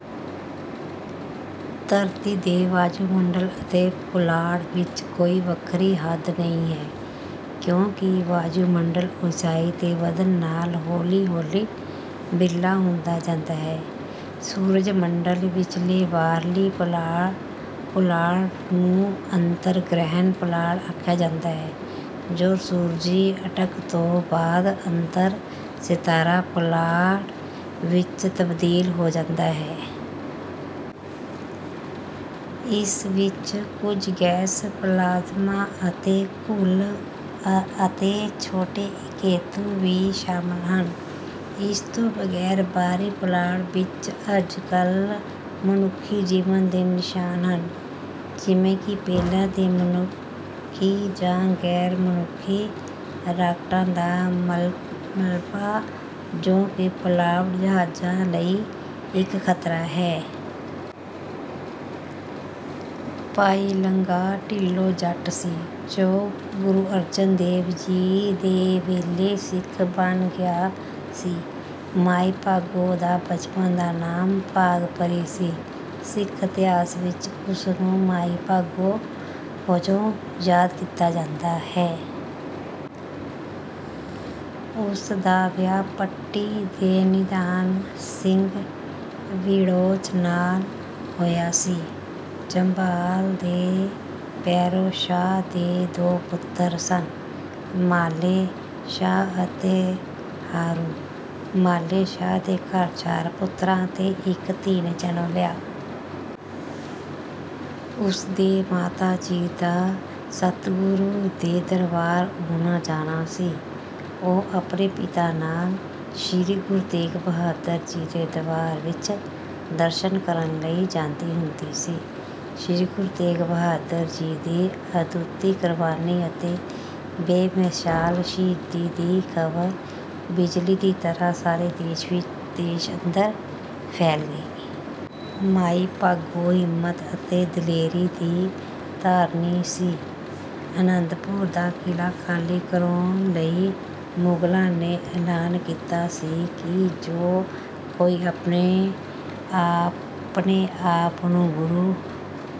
ਧਰਤੀ ਦੇ ਵਾਯੂਮੰਡਲ ਅਤੇ ਪੁਲਾੜ ਵਿੱਚ ਕੋਈ ਵੱਖਰੀ ਹੱਦ ਨਹੀਂ ਹੈ, ਕਿਉਂਕਿ ਵਾਯੂਮੰਡਲ ਉੱਚਾਈ ਦੇ ਵਧਣ ਨਾਲ ਹੌਲੀ ਹੌਲੀ ਵਿਰਲਾ ਹੁੰਦਾ ਜਾਂਦਾ ਹੈ। ਸੂਰਜ ਮੰਡਲ ਵਿਚਲੇ ਬਾਹਰੀ ਪੁਲਾੜ ਨੂੰ ਅੰਤਰ ਗ੍ਰਹਿ ਪੁਲਾੜ ਆਖਿਆ ਜਾਂਦਾ ਹੈ, ਜੋ ਸੂਰਜੀ ਅਟਕ ਤੋਂ ਬਾਅਦ ਅੰਤਰ ਸਿਤਾਰਾ ਪੁਲਾੜ ਵਿੱਚ ਤਬਦੀਲ ਹੋ ਜਾਂਦਾ ਹੈ। ਇਸ ਵਿੱਚ ਕੁਝ ਗੈਸ, ਪਲਾਜ਼ਮਾ ਅਤੇ ਘੁੱਲ ਅਤੇ ਛੋਟੇ ਕੇਤੂ ਵੀ ਸ਼ਾਮਲ ਹਨ। ਇਸ ਤੋਂ ਬਗੈਰ ਬਾਹਰੀ ਪੁਲਾੜ ਵਿੱਚ ਅੱਜਕੱਲ੍ਹ ਮਨੁੱਖੀ ਜੀਵਨ ਦੇ ਨਿਸ਼ਾਨ ਹਨ, ਜਿਵੇਂ ਕਿ ਪਹਿਲਾਂ ਦੇ ਮਨੁੱਖੀ ਜਾਂ ਗੈਰ ਮਨੁੱਖੀ ਰਾਕਟਾਂ ਦਾ ਮਲਬਾ, ਜੋ ਕਿ ਪੁਲਾੜ ਜਹਾਜ਼ਾਂ ਲਈ ਇੱਕ ਖਤਰਾ ਹੈ। ਭਾਈ ਲੰਗਾਹ ਢਿੱਲੋਂ ਜੱਟ ਸੀ, ਜੋ ਗੁਰੂ ਅਰਜਨ ਦੇਵ ਦੇ ਵੇਲੇ ਸਿੱਖ ਬਣ ਗਿਆ ਸੀ। ਮਾਈ ਭਾਗੋ ਦਾ ਬਚਪਨ ਦਾ ਨਾਮ ਭਾਗਭਰੀ ਸੀ। ਸਿੱਖ ਇਤਿਹਾਸ ਵਿੱਚ ਉਸ ਨੂੰ ਮਾਈ ਭਾਗੋ ਵਜੋਂ ਯਾਦ ਕੀਤਾ ਜਾਂਦਾ ਹੈ। ਉਸ ਦਾ ਵਿਆਹ ਪੱਟੀ ਦੇ ਨਿਧਾਨ ਸਿੰਘ ਵੜੈਚ ਨਾਲ ਹੋਇਆ ਸੀ। ਝਬਾਲ ਦੇ ਪੇਰੋ ਸ਼ਾਹ ਦੇ ਦੋ ਪੁੱਤਰ ਸਨ, ਮਾਲੇ ਸ਼ਾਹ ਅਤੇ ਹਰੂ। ਮਾਲੇ ਸ਼ਾਹ ਦੇ ਘਰ ਚਾਰ ਪੁੱਤਰਾਂ ਤੇ ਇੱਕ ਧੀ ਨੇ ਜਨਮ ਲਿਆ। ਉਸ ਦੇ ਮਾਤਾ ਜੀ ਦਾ ਸਤਿਗੁਰੂ ਦੇ ਦਰਬਾਰ ਆਉਣਾ ਜਾਣਾ ਸੀ। ਉਹ ਆਪਣੇ ਪਿਤਾ ਨਾਲ ਸ੍ਰੀ ਗੁਰੂ ਤੇਗ ਬਹਾਦਰ ਜੀ ਦੇ ਦਰਬਾਰ ਵਿਚ ਦਰਸ਼ਨ ਕਰਨ ਲਈ ਜਾਂਦੀ ਹੁੰਦੀ ਸੀ। ਸ੍ਰੀ ਗੁਰੂ ਤੇਗ ਬਹਾਦਰ ਜੀ ਦੀ ਅਦੁੱਤੀ ਕੁਰਬਾਨੀ ਅਤੇ ਬੇਮਿਸਾਲ ਸ਼ਹੀਦੀ ਦੀ ਖਬਰ ਬਿਜਲੀ ਦੀ ਤਰ੍ਹਾਂ ਸਾਰੇ ਦੇਸ਼ ਅੰਦਰ ਫੈਲ ਗਈ। ਮਾਈ ਭਾਗੋ ਹਿੰਮਤ ਅਤੇ ਦਲੇਰੀ ਦੀ ਧਾਰਨੀ ਸੀ। ਅਨੰਦਪੁਰ ਦਾ ਕਿਲਾ ਖਾਲੀ ਕਰਾਉਣ ਲਈ ਮੁਗਲਾਂ ਨੇ ਐਲਾਨ ਕੀਤਾ ਸੀ ਕਿ ਜੋ ਕੋਈ ਆਪਣੇ ਆਪ ਨੂੰ ਗੁਰੂ